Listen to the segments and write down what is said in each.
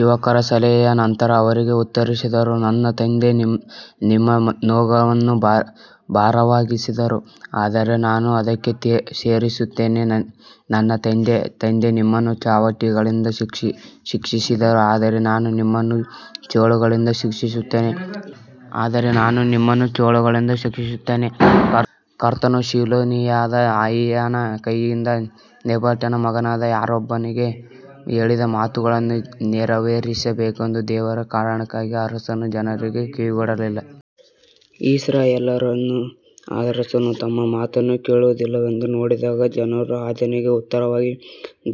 ಯುವಕರ ಸಲಹೆಯ ನಂತರ ಅವರಿಗೆ ಉತ್ತರಿಸಿದರು, ನನ್ನ ತಂದೆ ನಿಮ್ಮ ನೊಗವನ್ನು ಭಾರವಾಗಿಸಿದರು ಆದರೆ ನಾನು ಅದಕ್ಕೆ ಸೇರಿಸುತ್ತೇನೆ ನನ್ನ ತಂದೆ ನಿಮ್ಮನ್ನು ಚಾವಟಿಗಳಿಂದ ಶಿಕ್ಷಿಸಿದರು ಆದರೆ ನಾನು ನಿಮ್ಮನ್ನು ಚೇಳುಗಳಿಂದ ಶಿಕ್ಷಿಸುತ್ತೇನೆ. ಕರ್ತನು ಶಿಲೋನಿಯನಾದ ಅಹೀಯನ ಕೈಯಿಂದ ನೆಬಾಟನ ಮಗನಾದ ಯಾರೊಬ್ಬಾಮನಿಗೆ ಹೇಳಿದ ಮಾತುಗಳನ್ನು ನೆರವೇರಿಸಬೇಕೆಂದು ದೇವರ ಕಾರಣಕ್ಕಾಗಿ ಅರಸನು ಜನರಿಗೆ ಕಿವಿಗೊಡಲಿಲ್ಲ. ಇಸ್ರಾಯೇಲ್ಯರೆಲ್ಲರೂ ಅರಸನು ತಮ್ಮ ಮಾತನ್ನು ಕೇಳುವುದಿಲ್ಲವೆಂದು ನೋಡಿದಾಗ ಜನರು ರಾಜನಿಗೆ ಉತ್ತರವಾಗಿ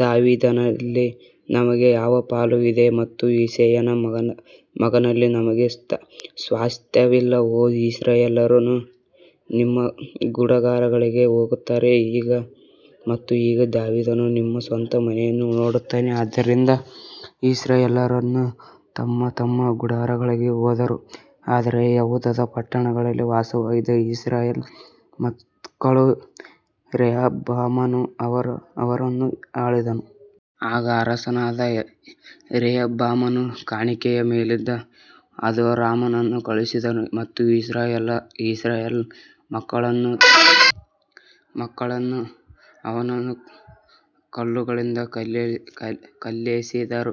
ದಾವೀದನಲ್ಲಿ ನಮಗೆ ಯಾವ ಪಾಲು ಇದೆ ಮತ್ತು ಇಸ್ಸೆಯನ ಮಗನಲ್ಲಿ ನಮಗೆ ಸ್ವಾಸ್ತ್ಯವಿಲ್ಲ, ಓ ಇಸ್ರಾಯೇಲ್ಯರು ನಿಮ್ಮ ಗುಡಾರಗಳಿಗೆ ಹೋಗುತ್ತಾರೆ ಮತ್ತು ಈಗ ದಾವೀದನು ನಿನ್ನ ಸ್ವಂತ ಮನೆಯನ್ನು ನೋಡುತ್ತಾನೆ. ಆದ್ದರಿಂದ ಇಸ್ರಾಯೇಲ್ಯರೆಲ್ಲರೂ ತಮ್ಮ ತಮ್ಮ ಗುಡಾರಗಳಿಗೆ ಹೋದರು ಆದರೆ ಯೆಹೂದದ ಪಟ್ಟಣಗಳಲ್ಲಿ ವಾಸವಾಗಿದ್ದ ಇಸ್ರಾಯೇಲ್ ಮಕ್ಕಳು ರೆಹಬ್ಬಾಮನು ಅವರನ್ನು ಆಳಿದನು. ಆಗ ಅರಸನಾದ ರೆಹಬ್ಬಾಮನು ಕಾಣಿಕೆಯ ಮೇಲಿದ್ದ ಹದೋರಾಮನನ್ನು ಕಳುಹಿಸಿದನು ಮತ್ತು ಇಸ್ರಾಯೇಲ್ ಮಕ್ಕಳು ಅವನನ್ನು ಕಲ್ಲುಗಳಿಂದ ಕಲ್ಲೆಸೆದರು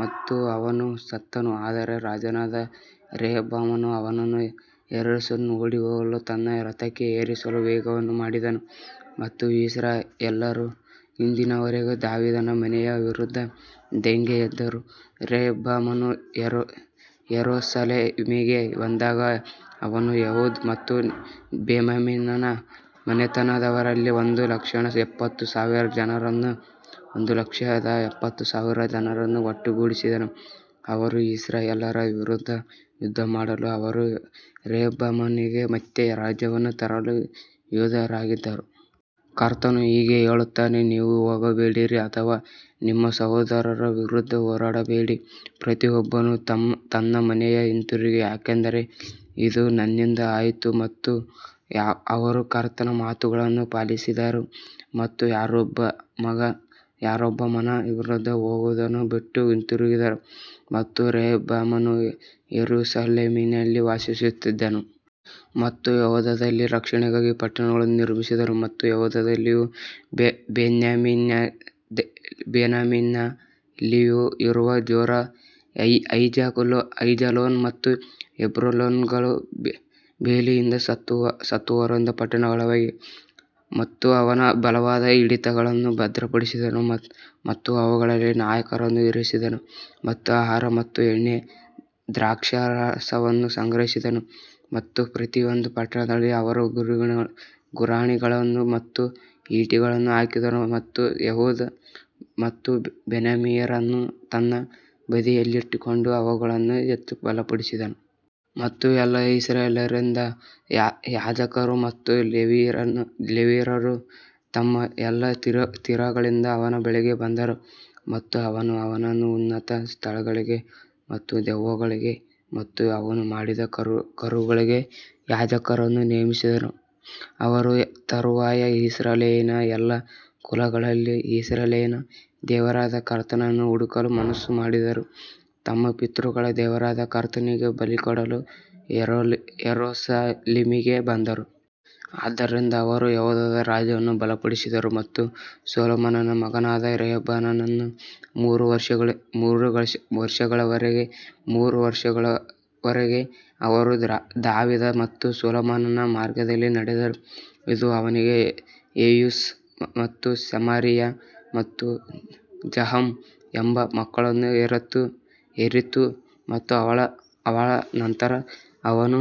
ಮತ್ತು ಅವನು ಸತ್ತನು ಆದರೆ ರಾಜನಾದ ರೆಹಬ್ಬಾಮನು ಅವನನ್ನು ಯೆರೂಸಲೇಮಿಗೆ ಓಡಿಹೋಗಲು ತನ್ನ ರಥಕ್ಕೆ ಏರಿಸಲು ವೇಗವನ್ನು ಮಾಡಿದನು. ಮತ್ತು ಇಸ್ರಾಯೇಲ್ಯರು ಇಂದಿನವರೆಗೂ ದಾವೀದನ ಮನೆಯ ವಿರುದ್ಧ ದಂಗೆಯೆದ್ದರು ರೆಹಬ್ಬಾಮನು ಯೆರೂಸಲೇಮಿಗೆ ಬಂದಾಗ ಅವನು ಯೆಹೂದ ಮತ್ತು ಬೆನ್ಯಾಮೀನನ ಮನೆತನದವರಲ್ಲಿ ಒಂದು ಲಕ್ಷದ ಎಪ್ಪತ್ತು ಸಾವಿರ ಜನರನ್ನು ಒಟ್ಟುಗೂಡಿಸಿದನು, ಅವರು ಇಸ್ರಾಯೇಲ್ಯರ ವಿರುದ್ಧ ಯುದ್ಧಮಾಡಲು ಅವರು ರೆಹಬ್ಬಾಮನಿಗೆ ಮತ್ತೆ ರಾಜ್ಯವನ್ನು ತರಲು ಯೋಧರಾಗಿದ್ದರು. ಕರ್ತನು ಹೀಗೆ ಹೇಳುತ್ತಾನೆ ನೀವು ಹೋಗಬೇಡಿರಿ ಅಥವಾ ನಿಮ್ಮ ಸಹೋದರರ ವಿರುದ್ಧ ಹೋರಾಡಬೇಡಿ ಪ್ರತಿಯೊಬ್ಬನು ತನ್ನ ಮನೆಗೆ ಹಿಂತಿರುಗಿ ಯಾಕಂದರೆ ಇದು ನನ್ನಿಂದ ಆಯಿತು ಮತ್ತು ಅವರು ಕರ್ತನ ಮಾತುಗಳನ್ನು ಪಾಲಿಸಿದರು ಮತ್ತು ಯಾರೊಬ್ಬಾಮನ ವಿರುದ್ಧ ಹೋಗುವುದನ್ನು ಬಿಟ್ಟು ಹಿಂತಿರುಗಿದರು. ಮತ್ತು ರೆಹಬ್ಬಾಮನು ಯೆರೂಸಲೇಮಿನಲ್ಲಿ ವಾಸಿಸುತ್ತಿದ್ದನು ಮತ್ತು ಯೆಹೂದದಲ್ಲಿ ರಕ್ಷಣೆಗಾಗಿ ಪಟ್ಟಣಗಳನ್ನು ನಿರ್ಮಿಸಿದನು ಮತ್ತು ಯೆಹೂದದಲ್ಲಿಯೂ ಬೆನ್ಯಾಮೀನ್ನಲ್ಲಿಯೂ ಇರುವ ಜೋರಾ, ಐಜಾಲೋನ್ ಮತ್ತು ಹೆಬ್ರೋನ್ಗಳು ಬೇಲಿಯಿಂದ ಸುತ್ತುವರಿದ ಪಟ್ಟಣಗಳಾಗಿವೆ ಮತ್ತು ಅವನು ಬಲವಾದ ಹಿಡಿತಗಳನ್ನು ಭದ್ರಪಡಿಸಿದನು ಮತ್ತು ಅವುಗಳಲ್ಲಿ ನಾಯಕರನ್ನು ಇರಿಸಿದನು ಮತ್ತು ಆಹಾರ ಮತ್ತು ಎಣ್ಣೆ ಮತ್ತು ದ್ರಾಕ್ಷಾರಸವನ್ನು ಸಂಗ್ರಹಿಸಿದನು ಮತ್ತು ಪ್ರತಿಯೊಂದು ಪಟ್ಟಣದಲ್ಲಿ ಅವನು ಗುರಾಣಿಗಳನ್ನು ಮತ್ತು ಈಟಿಗಳನ್ನು ಹಾಕಿದನು ಮತ್ತು ಯೆಹೂದ ಮತ್ತು ಬೆನ್ಯಾಮಿನರನ್ನು ತನ್ನ ಬದಿಯಲ್ಲಿಟ್ಟುಕೊಂಡು ಅವುಗಳನ್ನು ಹೆಚ್ಚು ಬಲಪಡಿಸಿದನು. ಮತ್ತು ಎಲ್ಲಾ ಇಸ್ರಾಯೇಲ್ಯರಲ್ಲಿದ್ದ ಯಾಜಕರು ಮತ್ತು ಲೇವಿಯರು ತಮ್ಮ ಎಲ್ಲಾ ತೀರಗಳಿಂದ ಅವನ ಬಳಿಗೆ ಬಂದರು ಮತ್ತು ಅವನು ಅವನನ್ನು ಉನ್ನತ ಸ್ಥಳಗಳಿಗೆ ಮತ್ತು ದೆವ್ವಗಳಿಗೆ ಮತ್ತು ಅವನು ಮಾಡಿದ ಕರುಗಳಿಗೆ ಯಾಜಕರನ್ನು ನೇಮಿಸಿದನು. ಅವರ ತರುವಾಯ ಇಸ್ರಾಯೇಲಿನ ಎಲ್ಲಾ ಕುಲಗಳಲ್ಲಿ ಇಸ್ರಾಯೇಲಿನ ದೇವರಾದ ಕರ್ತನನ್ನು ಹುಡುಕಲು ಮನಸ್ಸು ಮಾಡಿದವರು ತಮ್ಮ ಪಿತೃಗಳ ದೇವರಾದ ಕರ್ತನಿಗೆ ಬಲಿಕೊಡಲು ಯೆರೂಸಲೇಮಿಗೆ ಬಂದರು. ಆದ್ದರಿಂದ ಅವರು ಯೆಹೂದದ ರಾಜ್ಯವನ್ನು ಬಲಪಡಿಸಿದರು ಮತ್ತು ಸೊಲೊಮೋನನ ಮಗನಾದ ರೆಹಬ್ಬಾಮನನ್ನು ಮೂರು ವರ್ಷಗಳವರೆಗೆ ಮೂರು ವರ್ಷಗಳವರೆಗೆ ಅವರು ದಾವೀದ ಮತ್ತು ಸೊಲೊಮೋನನ ಮಾರ್ಗದಲ್ಲಿ ನಡೆದರು. ಇದು ಅವನಿಗೆ ಯೆಯೂಷ್ ಮತ್ತು ಶಮಾರಿಯಾ ಮತ್ತು ಜಹಾಮ್ ಎಂಬ ಮಕ್ಕಳನ್ನು ಹೆರಿತು ಮತ್ತು ಅವಳ ನಂತರ ಅವನು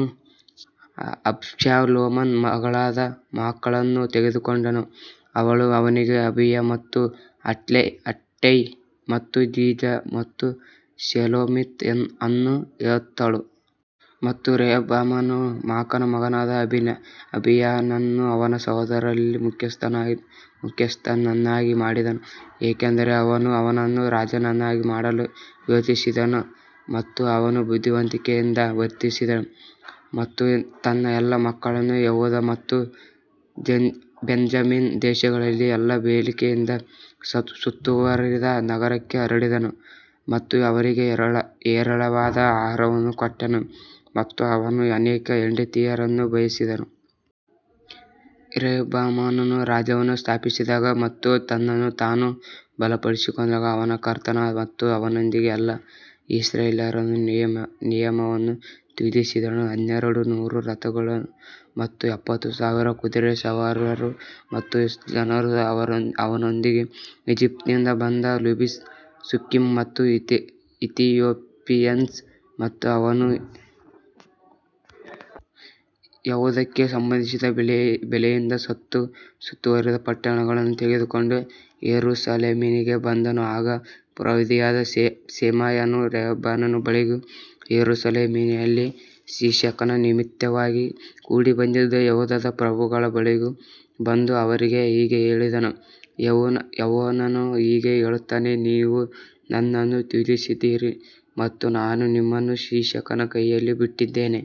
ಅಬ್ಷಾಲೋಮನ ಮಗಳಾದ ಮಾಕಳನ್ನು ತೆಗೆದುಕೊಂಡನು, ಅವಳು ಅವನಿಗೆ ಅಬೀಯ ಮತ್ತು ಅಟ್ಟೈ ಮತ್ತು ಜಿಜಾ ಮತ್ತು ಶೆಲೋಮಿತ್ ಅನ್ನು ಹೆತ್ತಳು. ಮತ್ತು ರೆಹಬ್ಬಾಮನು ಮಾಕನ ಮಗನಾದ ಅಬೀಯನನ್ನು ಅವನ ಸಹೋದರರಲ್ಲಿ ಮುಖ್ಯಸ್ಥನನ್ನಾಗಿ ಮಾಡಿದನು, ಏಕೆಂದರೆ ಅವನು ಅವನನ್ನು ರಾಜನನ್ನಾಗಿ ಮಾಡಲು ಯೋಚಿಸಿದನು. ಮತ್ತು ಅವನು ಬುದ್ಧಿವಂತಿಕೆಯಿಂದ ವರ್ತಿಸಿದನು ಮತ್ತು ತನ್ನ ಎಲ್ಲಾ ಮಕ್ಕಳನ್ನು ಯೆಹೂದ ಮತ್ತು ಬೆಂಜಮಿನ್ ದೇಶಗಳಲ್ಲಿ ಎಲ್ಲಾ ಬೇಲಿಯಿಂದ ಸುತ್ತುವರಿದ ನಗರಕ್ಕೆ ಹರಡಿದನು ಮತ್ತು ಅವರಿಗೆ ಹೇರಳವಾಗಿ ಆಹಾರವನ್ನು ಕೊಟ್ಟನು ಮತ್ತು ಅವನು ಅನೇಕ ಹೆಂಡತಿಯರನ್ನು ಬಯಸಿದನು. ರೆಹಬ್ಬಾಮನು ರಾಜ್ಯವನ್ನು ಸ್ಥಾಪಿಸಿದಾಗ ಮತ್ತು ತನ್ನನ್ನು ತಾನು ಬಲಪಡಿಸಿಕೊಂಡಾಗ ಅವನು ಕರ್ತನ ಮತ್ತು ಅವನೊಂದಿಗೆ ಎಲ್ಲಾ ಇಸ್ರಾಯೇಲ್ಯರ ನಿಯಮವನ್ನು ತ್ಯಜಿಸಿದನು. ಹನ್ನೆರಡು ನೂರು ರಥಗಳು ಮತ್ತು ಎಪ್ಪತ್ತು ಸಾವಿರ ಕುದುರೆ ಸವಾರರು ಮತ್ತು ಜನರು ಅವನೊಂದಿಗೆ ಈಜಿಪ್ಟಿನಿಂದ ಬಂದ ಲುಬಿಮ್ಸ್ ಸುಕ್ಕಿಮ್ಸ್ ಮತ್ತು ಇಥಿಯೋಪಿಯನ್ಸ್ ಮತ್ತು ಅವನು ಯೆಹೂದಕ್ಕೆ ಸಂಬಂಧಿಸಿದ ಬೇಲಿಯಿಂದ ಸುತ್ತುವರಿದ ಪಟ್ಟಣಗಳನ್ನು ತೆಗೆದುಕೊಂಡು ಯೆರೂಸಲೇಮಿಗೆ ಬಂದನು ಆಗ ಪ್ರವಾದಿಯಾದ ಶೆಮಾಯನು ರೆಹಬ್ಬಾಮನ ಬಳಿಗೂ ಯೆರೂಸಲೇಮಿನಲ್ಲಿ ಶೀಶಕನ ನಿಮಿತ್ತವಾಗಿ ಕೂಡಿಬಂದಿದ್ದ ಯೆಹೂದದ ಪ್ರಭುಗಳ ಬಳಿಗೂ ಬಂದು ಅವರಿಗೆ ಹೀಗೆ ಹೇಳಿದನು, ಯೆಹೋವನು ಹೀಗೆ ಹೇಳುತ್ತಾನೆ ನೀವು ನನ್ನನ್ನು ತ್ಯಜಿಸಿದ್ದೀರಿ ಮತ್ತು ನಾನು ನಿಮ್ಮನ್ನು ಶಿಶಕನ ಕೈಯಲ್ಲಿ ಬಿಟ್ಟಿದ್ದೇನೆ.